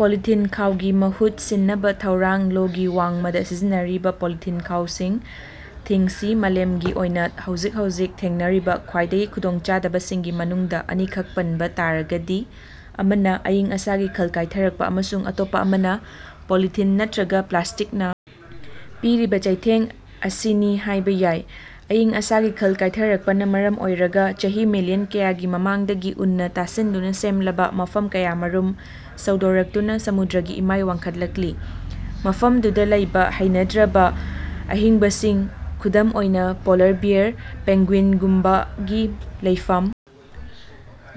Polythene ꯈꯥꯎꯒꯤ ꯃꯍꯨꯠ ꯁꯤꯟꯅꯕ ꯊꯧꯔꯥꯡ ꯂꯣꯒꯤ ꯋꯥꯡꯃꯗ ꯁꯤꯖꯤꯟꯅꯔꯤꯕ ꯄꯣꯂꯤꯊꯤꯟ ꯈꯥꯎꯁꯤꯡ ꯊꯤꯡꯁꯤ ꯃꯥꯂꯦꯝꯒꯤ ꯑꯣꯏꯅ ꯍꯧꯖꯤꯛ ꯍꯧꯖꯤꯛ ꯊꯦꯡꯅꯔꯤꯕ ꯈ꯭ꯋꯥꯏꯗꯒꯤ ꯈꯨꯗꯣꯡꯆꯥꯗꯕꯁꯤꯡꯒꯤ ꯃꯅꯨꯡꯗ ꯑꯅꯤꯈꯛ ꯄꯟꯕ ꯇꯥꯔꯒꯗꯤ ꯑꯃꯅ ꯑꯏꯪ- ꯑꯁꯥꯒꯤ ꯈꯜ ꯀꯥꯏꯊꯔꯛꯄ ꯑꯃꯁꯨꯡ ꯑꯇꯣꯞꯄ ꯑꯃꯅ ꯄꯣꯂꯤꯊꯤꯟ ꯅꯠꯇꯔꯒ ꯄ꯭ꯂꯥꯁꯇꯤꯛꯅ ꯄꯤꯔꯤꯕ ꯆꯩꯊꯦꯡ ꯑꯁꯤꯅꯤ ꯍꯥꯏꯕ ꯌꯥꯏ꯫ ꯑꯏꯪ-ꯑꯁꯥꯒꯤ ꯈꯜ ꯀꯥꯏꯊꯔꯛꯄꯅ ꯃꯔꯝ ꯑꯣꯏꯔꯒ ꯆꯍꯤ ꯃꯤꯜꯂꯤꯌꯟ ꯀꯌꯥꯒꯤ ꯃꯃꯥꯡꯗꯒꯤ ꯎꯟꯅ ꯇꯥꯁꯤꯟꯗꯨꯅ ꯁꯦꯝꯂꯕ ꯃꯐꯝ ꯀꯌꯥꯃꯔꯨꯝ ꯁꯧꯗꯣꯔꯛꯇꯨꯅ ꯁꯃꯨꯗ꯭ꯔꯒꯤ ꯏꯃꯥꯏ ꯋꯥꯡꯈꯠꯂꯛꯂꯤ꯫ ꯃꯐꯝꯗꯨꯗ ꯂꯩꯕ ꯍꯩꯅꯗ꯭ꯔꯕ ꯑꯍꯤꯡꯕꯁꯤꯡ ꯈꯨꯗꯝ ꯑꯣꯏꯅ ꯄꯣꯜꯂꯔ ꯕꯤꯌꯥꯔ, ꯄꯦꯡꯒ꯭ꯌꯨꯏꯟꯒꯨꯝꯕꯒꯤ ꯂꯩꯐꯝ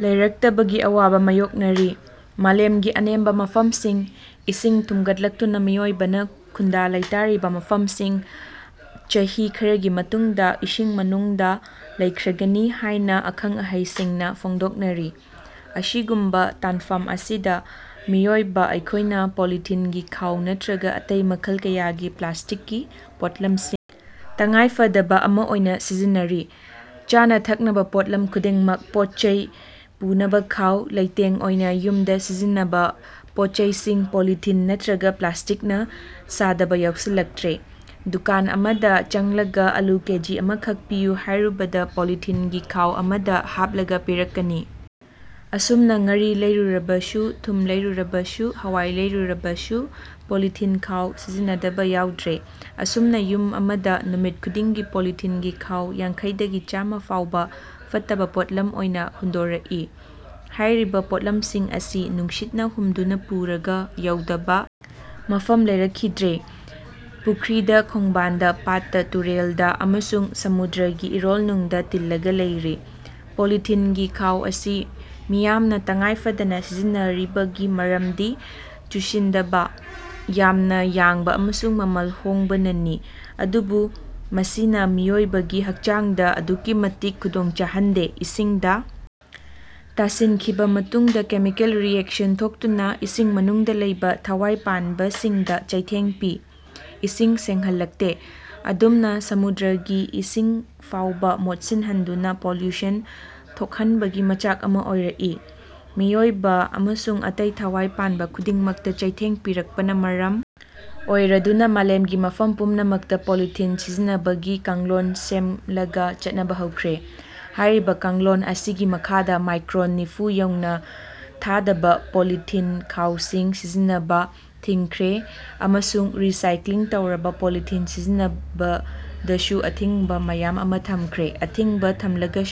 ꯂꯩꯔꯛꯇꯕꯒꯤ ꯑꯋꯥꯕ ꯃꯥꯌꯣꯛꯅꯔꯤ꯫ ꯃꯥꯂꯦꯝꯒꯤ ꯑꯅꯦꯝꯕ ꯃꯐꯝꯁꯤꯡ ꯏꯁꯤꯡ ꯊꯨꯝꯒꯠꯂꯛꯇꯨꯅ ꯃꯤꯑꯣꯏꯕꯅ ꯈꯨꯟꯗꯥ-ꯂꯩꯇꯥꯔꯤꯕ ꯃꯐꯝꯁꯤꯡ ꯆꯍꯤ ꯈꯔꯒꯤ ꯇꯨꯡꯗ ꯏꯁꯤꯡ ꯃꯅꯨꯡꯗ ꯂꯩꯈ꯭ꯔꯒꯅꯤ ꯍꯥꯏꯅ ꯑꯈꯪ-ꯑꯍꯩꯁꯤꯡꯅ ꯐꯣꯡꯗꯣꯛꯅꯔꯤ꯫ ꯑꯁꯤꯒꯨꯝꯕ ꯇꯥꯟꯐꯝ ꯑꯁꯤꯗ ꯃꯤꯑꯣꯏꯕ ꯑꯩꯈꯣꯏꯅ ꯄꯣꯂꯤꯊꯤꯟꯒꯤ ꯈꯥꯎ ꯅꯠꯇ꯭ꯔꯒ ꯑꯇꯩ ꯃꯈꯜ ꯀꯌꯥꯒꯤ ꯄ꯭ꯂꯥꯁꯇꯤꯛꯀꯤ ꯄꯣꯠꯂꯝꯁꯤꯡ ꯇꯉꯥꯏꯐꯗꯕ ꯑꯃ ꯑꯣꯏꯅ ꯁꯤꯖꯤꯟꯅꯔꯤ꯫ ꯆꯥꯅ-ꯊꯛꯅꯅꯕ ꯄꯣꯠꯂꯝ ꯈꯨꯗꯤꯡꯃꯛ, ꯄꯣꯠ-ꯆꯩ ꯄꯨꯅꯕ ꯈꯥꯎ, ꯂꯩꯇꯦꯡ ꯑꯣꯏꯅ ꯌꯨꯝꯗ ꯁꯤꯖꯤꯟꯅꯕ ꯄꯣꯠ-ꯆꯩꯁꯤꯡ ꯄꯣꯂꯤꯊꯤꯟ ꯅꯠꯇ꯭ꯔꯒ ꯄ꯭ꯂꯥꯁꯇꯤꯛꯅ ꯁꯥꯗꯕ ꯌꯥꯎꯁꯤꯜꯂꯛꯇ꯭ꯔꯦ꯫ ꯗꯨꯀꯥꯟ ꯑꯃꯗ ꯆꯪꯂꯒ ꯑꯥꯂꯨ ꯀꯦꯖꯤ ꯑꯃꯈꯛꯇ ꯄꯤꯌꯨ ꯍꯥꯏꯔꯨꯕꯗ ꯄꯣꯂꯤꯊꯤꯟꯒꯤ ꯈꯥꯎ ꯑꯃꯗ ꯍꯥꯞꯂꯒ ꯄꯤꯔꯛꯀꯅꯤ꯫ ꯑꯁꯨꯝꯅ ꯉꯥꯔꯤ ꯂꯩꯔꯨꯔꯕꯁꯨ, ꯊꯨꯝ ꯂꯩꯔꯨꯔꯕꯁꯨ, ꯍꯋꯥꯏ ꯂꯩꯔꯨꯔꯕꯁꯨ ꯄꯣꯂꯤꯊꯤꯟ ꯈꯥꯎ ꯁꯤꯖꯤꯟꯅꯗꯕ ꯌꯥꯎꯗ꯭ꯔꯦ꯫ ꯑꯁꯨꯝꯅ ꯌꯨꯝ ꯑꯃꯗ ꯅꯨꯃꯤꯠ ꯈꯨꯗꯤꯡꯒꯤ ꯄꯣꯂꯤꯊꯤꯟꯒꯤ ꯈꯥꯎ ꯌꯥꯡꯈꯩ ꯗꯒꯤ ꯆꯥꯝꯃꯥ ꯐꯥꯎꯕ ꯐꯠꯇꯕ ꯄꯣꯠꯂꯝ ꯑꯣꯏꯅ ꯍꯨꯟꯗꯣꯔꯛꯏ꯫ ꯍꯥꯏꯔꯤꯕ ꯄꯣꯠꯂꯝꯁꯤꯡ ꯑꯁꯤ ꯅꯨꯡꯁꯤꯠꯅ ꯍꯨꯝꯗꯨꯅ ꯄꯨꯔꯒ ꯌꯧꯗꯕ ꯃꯐꯝ ꯂꯩꯔꯛꯈꯤꯗ꯭ꯔꯦ꯫ ꯄꯨꯈ꯭ꯔꯤꯗ, ꯈꯣꯡꯕꯥꯟꯗ, ꯄꯥꯠꯇ, ꯇꯨꯔꯦꯜꯗ ꯑꯃꯁꯨꯡ ꯁꯃꯨꯗ꯭ꯔꯒꯤ ꯏꯔꯣꯜꯅꯨꯡꯗ ꯇꯤꯜꯂꯒ ꯂꯩꯔꯤ꯫ ꯄꯣꯂꯤꯊꯤꯟꯒꯤ ꯈꯥꯎ ꯑꯁꯤ ꯃꯤꯌꯥꯝꯅ ꯇꯉꯥꯏꯐꯗꯅ ꯁꯤꯖꯤꯟꯅꯔꯤꯕꯒꯤ ꯃꯔꯝꯗꯤ ꯆꯨꯁꯤꯟꯗꯕ, ꯌꯥꯝꯅ ꯌꯥꯡꯕ ꯑꯃꯁꯨꯡ ꯃꯃꯜ ꯍꯣꯡꯕꯅꯅꯤ꯫ ꯑꯗꯨꯕꯨ ꯃꯁꯤꯅ ꯃꯤꯑꯣꯏꯕꯒꯤ ꯍꯛꯆꯥꯡꯗ ꯑꯗꯨꯛꯀꯤ ꯃꯇꯤꯛ ꯈꯨꯗꯣꯡ ꯆꯥꯍꯟꯗꯦ꯫ ꯏꯁꯤꯡꯗ ꯇꯥꯁꯤꯟꯈꯤꯕ ꯃꯇꯨꯡꯗ ꯀꯦꯃꯤꯀꯦꯜ ꯔꯤꯌꯦꯛꯁꯟ ꯊꯣꯛꯇꯨꯅ ꯏꯁꯤꯡ ꯃꯅꯨꯡꯗ ꯂꯩꯕ ꯊꯋꯥꯏ ꯄꯥꯟꯕꯁꯤꯡꯗ ꯆꯩꯊꯦꯡ ꯄꯤ꯫ ꯏꯁꯤꯡ ꯁꯦꯡꯍꯜꯂꯛꯇꯦ꯫ ꯑꯗꯨꯝꯅ ꯁꯃꯨꯗ꯭ꯔꯒꯤ ꯏꯁꯤꯡ ꯐꯥꯎꯕ ꯃꯣꯠꯁꯤꯟꯍꯟꯗꯨꯅ ꯄꯣꯂꯨꯁꯟ ꯊꯣꯛꯍꯟꯕꯒꯤ ꯃꯆꯥꯛ ꯑꯃ ꯑꯣꯏꯔꯛꯏ꯫ ꯃꯤꯑꯣꯏꯕ ꯑꯃꯁꯨꯡ ꯑꯇꯩ ꯊꯋꯥꯏ ꯄꯥꯟꯕ ꯈꯨꯗꯤꯡꯃꯛꯇ ꯆꯩꯊꯦꯡ ꯄꯤꯔꯛꯄꯅ ꯃꯔꯝ ꯑꯣꯏꯔꯗꯨꯅ ꯃꯥꯂꯦꯝꯒꯤ ꯃꯐꯝ ꯄꯨꯝꯅꯃꯛꯇ ꯄꯣꯂꯤꯊꯤꯟ ꯁꯤꯖꯤꯟꯅꯕꯒꯤ ꯀꯥꯡꯂꯣꯟ ꯁꯦꯝꯂꯒ ꯆꯠꯅꯕ ꯍꯧꯈ꯭ꯔꯦ꯫ ꯍꯥꯏꯔꯤꯕ ꯀꯥꯡꯂꯣꯟ ꯑꯁꯤꯒꯤ ꯃꯈꯥꯗ ꯃꯥꯏꯀ꯭ꯔꯣꯟ ꯅꯤꯐꯨ ꯌꯧꯅ ꯊꯥꯗꯕ ꯄꯣꯂꯤꯊꯤꯟ ꯈꯥꯎꯁꯤꯡ ꯁꯤꯖꯤꯟꯅꯕ ꯊꯤꯡꯈ꯭ꯔꯦ ꯑꯃꯁꯨꯡ ꯔꯤ-ꯁꯥꯏꯀ꯭ꯂꯤꯡ ꯇꯧꯔꯕ ꯄꯣꯂꯤꯊꯤꯟ ꯁꯤꯖꯤꯟꯅꯕꯗꯁꯨ ꯑꯊꯤꯡꯕ ꯃꯌꯥꯝ ꯑꯃ ꯊꯝꯈ꯭ꯔꯦ꯫ ꯑꯊꯤꯡꯕ ꯊꯝꯂꯒꯁꯨ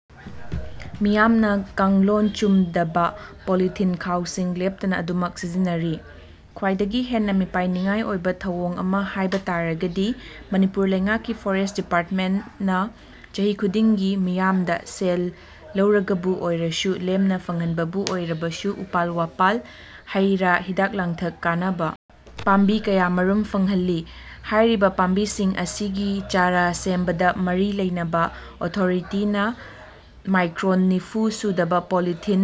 ꯃꯤꯌꯥꯝꯅ ꯀꯥꯡꯂꯣꯟ ꯆꯨꯝꯗꯕ ꯄꯣꯂꯤꯊꯤꯟ ꯈꯥꯎꯁꯤꯡ ꯂꯦꯞꯇꯅ ꯑꯗꯨꯝꯃꯛ ꯁꯤꯖꯤꯟꯅꯔꯤ꯫ ꯈ꯭ꯋꯥꯏꯗꯒꯤ ꯍꯦꯟꯅ ꯃꯤꯄꯥꯏꯅꯤꯡꯉꯥꯏ ꯑꯣꯏꯕ ꯊꯧꯑꯣꯡ ꯑꯃ ꯍꯥꯏꯕ ꯇꯥꯔꯒꯗꯤ ꯃꯅꯤꯄꯨꯔ ꯂꯩꯉꯥꯛꯀꯤ ꯐꯣꯔꯦꯁꯠ ꯗꯤꯄꯥꯔꯠꯃꯦꯟꯠꯅ ꯆꯍꯤ ꯈꯨꯗꯤꯡꯒꯤ ꯃꯤꯌꯥꯝꯗ ꯁꯦꯜ ꯂꯧꯔꯒꯕꯨ ꯑꯣꯏꯔꯕꯁꯨ, ꯂꯦꯝꯅ ꯐꯪꯍꯟꯕꯕꯨ ꯑꯣꯏꯔꯕꯁꯨ ꯎꯄꯥꯜ-ꯋꯥꯄꯥꯜ, ꯍꯩ-ꯔꯥ, ꯍꯤꯗꯥꯛ-ꯂꯥꯡꯊꯛ ꯀꯥꯟꯅꯕ ꯄꯥꯝꯕꯤ ꯀꯌꯥꯃꯔꯨꯝ ꯐꯪꯍꯜꯂꯤ꯫ ꯍꯥꯏꯔꯤꯕ ꯄꯥꯝꯕꯤꯁꯤꯡ ꯑꯁꯤꯒꯤ ꯆꯥꯔꯥ ꯁꯦꯝꯕꯗ ꯃꯔꯤ ꯂꯩꯅꯕ ꯑꯣꯊꯣꯔꯤꯇꯤꯅ ꯃꯥꯏꯀ꯭ꯔꯣꯟ ꯅꯤꯐꯨ ꯁꯨꯗꯕ ꯄꯣꯂꯤꯊꯤꯟ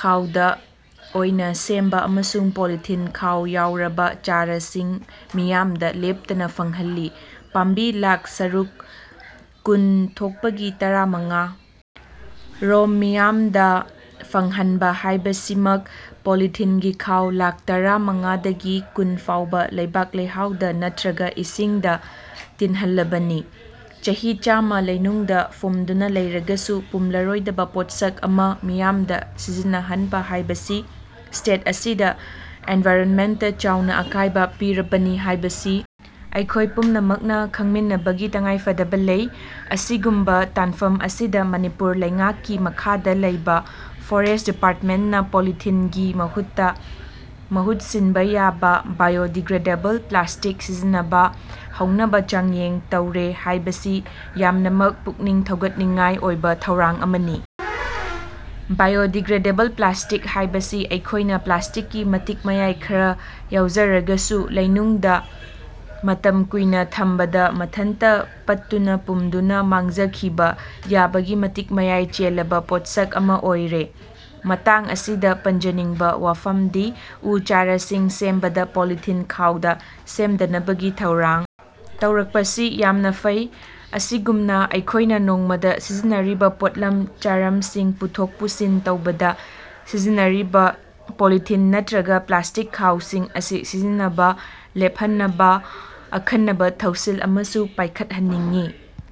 ꯈꯥꯎꯗ ꯑꯣꯏꯅ ꯁꯦꯝꯕ ꯑꯃꯁꯨꯡ ꯄꯣꯂꯤꯊꯤꯟ ꯈꯥꯎ ꯌꯥꯎꯔꯕ ꯆꯥꯔꯥꯁꯤꯡ ꯃꯤꯌꯥꯝꯗ ꯂꯦꯞꯇꯅ ꯐꯪꯍꯜꯂꯤ꯫ ꯄꯥꯝꯕꯤ ꯂꯥꯈ ꯁꯔꯨꯛ ꯀꯨꯟ ꯊꯣꯛꯄꯒꯤ ꯇꯔꯥ ꯃꯉꯥ ꯔꯣꯝ ꯃꯤꯌꯥꯝꯗ ꯐꯪꯍꯟꯕ ꯍꯥꯏꯕꯁꯤꯃꯛ ꯄꯣꯂꯤꯊꯤꯟꯒꯤ ꯈꯥꯎ ꯂꯥꯈ ꯇꯔꯥ ꯃꯉꯥꯗꯒꯤꯅ ꯀꯨꯟ ꯐꯥꯎꯕ ꯂꯩꯕꯥꯛ-ꯂꯩꯍꯥꯎꯗ ꯅꯠꯇ꯭ꯔꯒ ꯏꯁꯤꯡꯗ ꯇꯤꯟꯍꯜꯂꯕꯅꯤ꯫ ꯆꯍꯤ ꯆꯥꯝꯃ ꯂꯩꯅꯨꯡꯗ ꯐꯨꯝꯗꯨꯅ ꯂꯩꯔꯒꯁꯨ ꯄꯨꯝꯂꯔꯣꯏꯗꯕ ꯄꯣꯠꯁꯛ ꯑꯃ ꯃꯤꯌꯥꯝꯗ ꯁꯤꯖꯤꯟꯅꯍꯟꯕ ꯍꯥꯏꯕꯁꯤ ꯁ꯭ꯇꯦꯠ ꯑꯁꯤꯗ ꯏꯟꯚꯥꯏꯔꯣꯟꯃꯦꯟꯠꯇ ꯆꯥꯎꯅ ꯑꯀꯥꯏꯕ ꯄꯤꯔꯕꯅꯤ ꯍꯥꯏꯕꯁꯤ ꯑꯩꯈꯣꯏ ꯄꯨꯝꯅꯃꯛꯅ ꯈꯪꯃꯤꯟꯅꯕꯒꯤ ꯇꯉꯥꯏꯐꯗꯕ ꯂꯩ꯫ ꯑꯁꯤꯒꯨꯝꯕ ꯇꯥꯟꯐꯝ ꯑꯁꯤꯗ ꯃꯅꯤꯄꯨꯔ ꯂꯩꯉꯥꯛꯀꯤ ꯃꯈꯥꯗ ꯂꯩꯕ ꯐꯣꯔꯦꯁꯠ ꯗꯤꯄꯥꯔꯠꯃꯦꯟꯠꯅ ꯄꯣꯂꯤꯊꯤꯟꯒꯤ ꯃꯍꯨꯠꯇ ꯃꯍꯨꯠ ꯁꯤꯟꯕ ꯌꯥꯕ ꯕꯥꯏꯑꯣ ꯗꯤꯒ꯭ꯔꯦꯗꯦꯕꯜ ꯄ꯭ꯂꯥꯁꯇꯤꯛ ꯁꯤꯖꯤꯟꯅꯕ ꯍꯧꯅꯕ ꯆꯥꯡꯌꯦꯡ ꯇꯧꯔꯦ ꯍꯥꯏꯕꯁꯤ ꯌꯥꯝꯅꯃꯛ ꯄꯨꯛꯅꯤꯡ ꯊꯧꯒꯠꯅꯤꯡꯉꯥꯏ ꯑꯣꯏꯕ ꯊꯧꯔꯥꯡ ꯑꯃꯅꯤ꯫ ꯕꯥꯏꯑꯣ ꯗꯤꯒ꯭ꯔꯦꯗꯦꯕꯜ ꯄ꯭ꯂꯥꯁꯇꯤꯛ ꯍꯥꯏꯕꯁꯤ ꯑꯩꯈꯣꯏꯅ ꯄ꯭ꯂꯥꯁꯇꯤꯛꯀꯤ ꯃꯇꯤꯛ-ꯃꯌꯥꯏ ꯈꯔ ꯌꯥꯎꯖꯔꯒꯁꯨ ꯂꯩꯅꯨꯡꯗ ꯃꯇꯝ ꯀꯨꯏꯅ ꯊꯝꯕꯗ ꯃꯊꯟꯇ ꯄꯠꯇꯨꯅ-ꯄꯨꯝꯗꯨꯅ ꯃꯥꯡꯖꯈꯤꯕ ꯌꯥꯕꯒꯤ ꯃꯇꯤꯛ-ꯃꯌꯥꯏ ꯆꯦꯜꯂꯕ ꯄꯣꯠꯁꯛ ꯑꯃ ꯑꯣꯏꯔꯦ꯫ ꯃꯇꯥꯡ ꯑꯁꯤꯗ ꯄꯟꯖꯅꯤꯡꯕ ꯋꯥꯐꯝꯗꯤ ꯎ ꯆꯥꯔꯥꯁꯤꯡ ꯁꯦꯝꯕꯗ ꯄꯣꯂꯤꯊꯤꯟ ꯈꯥꯎꯗ ꯁꯦꯝꯗꯅꯕꯒꯤ ꯊꯧꯔꯥꯡ ꯇꯧꯔꯛꯄꯁꯤ ꯌꯥꯝꯅ ꯐꯩ꯫ ꯑꯁꯤꯒꯨꯝꯅ ꯑꯩꯈꯣꯏꯅ ꯅꯣꯡꯃꯗ ꯁꯤꯖꯤꯟꯅꯔꯤꯕ ꯄꯣꯠꯂꯝ ꯆꯥꯔꯝꯁꯤꯡ ꯄꯨꯊꯣꯛ-ꯄꯨꯁꯤꯟ ꯇꯧꯕꯗ ꯁꯤꯖꯤꯟꯅꯔꯤꯕ ꯄꯣꯂꯤꯊꯤꯟ ꯅꯠꯇꯔꯒ ꯄ꯭ꯂꯥꯁꯇꯤꯛ ꯈꯥꯎꯁꯤꯡ ꯑꯁꯤ ꯁꯤꯖꯤꯟꯅꯕ ꯂꯦꯞꯍꯟꯅꯕ ꯑꯈꯟꯅꯕ ꯊꯧꯁꯤꯜ ꯑꯃꯁꯨ ꯄꯥꯏꯈꯠꯍꯟꯅꯤꯡꯏ꯫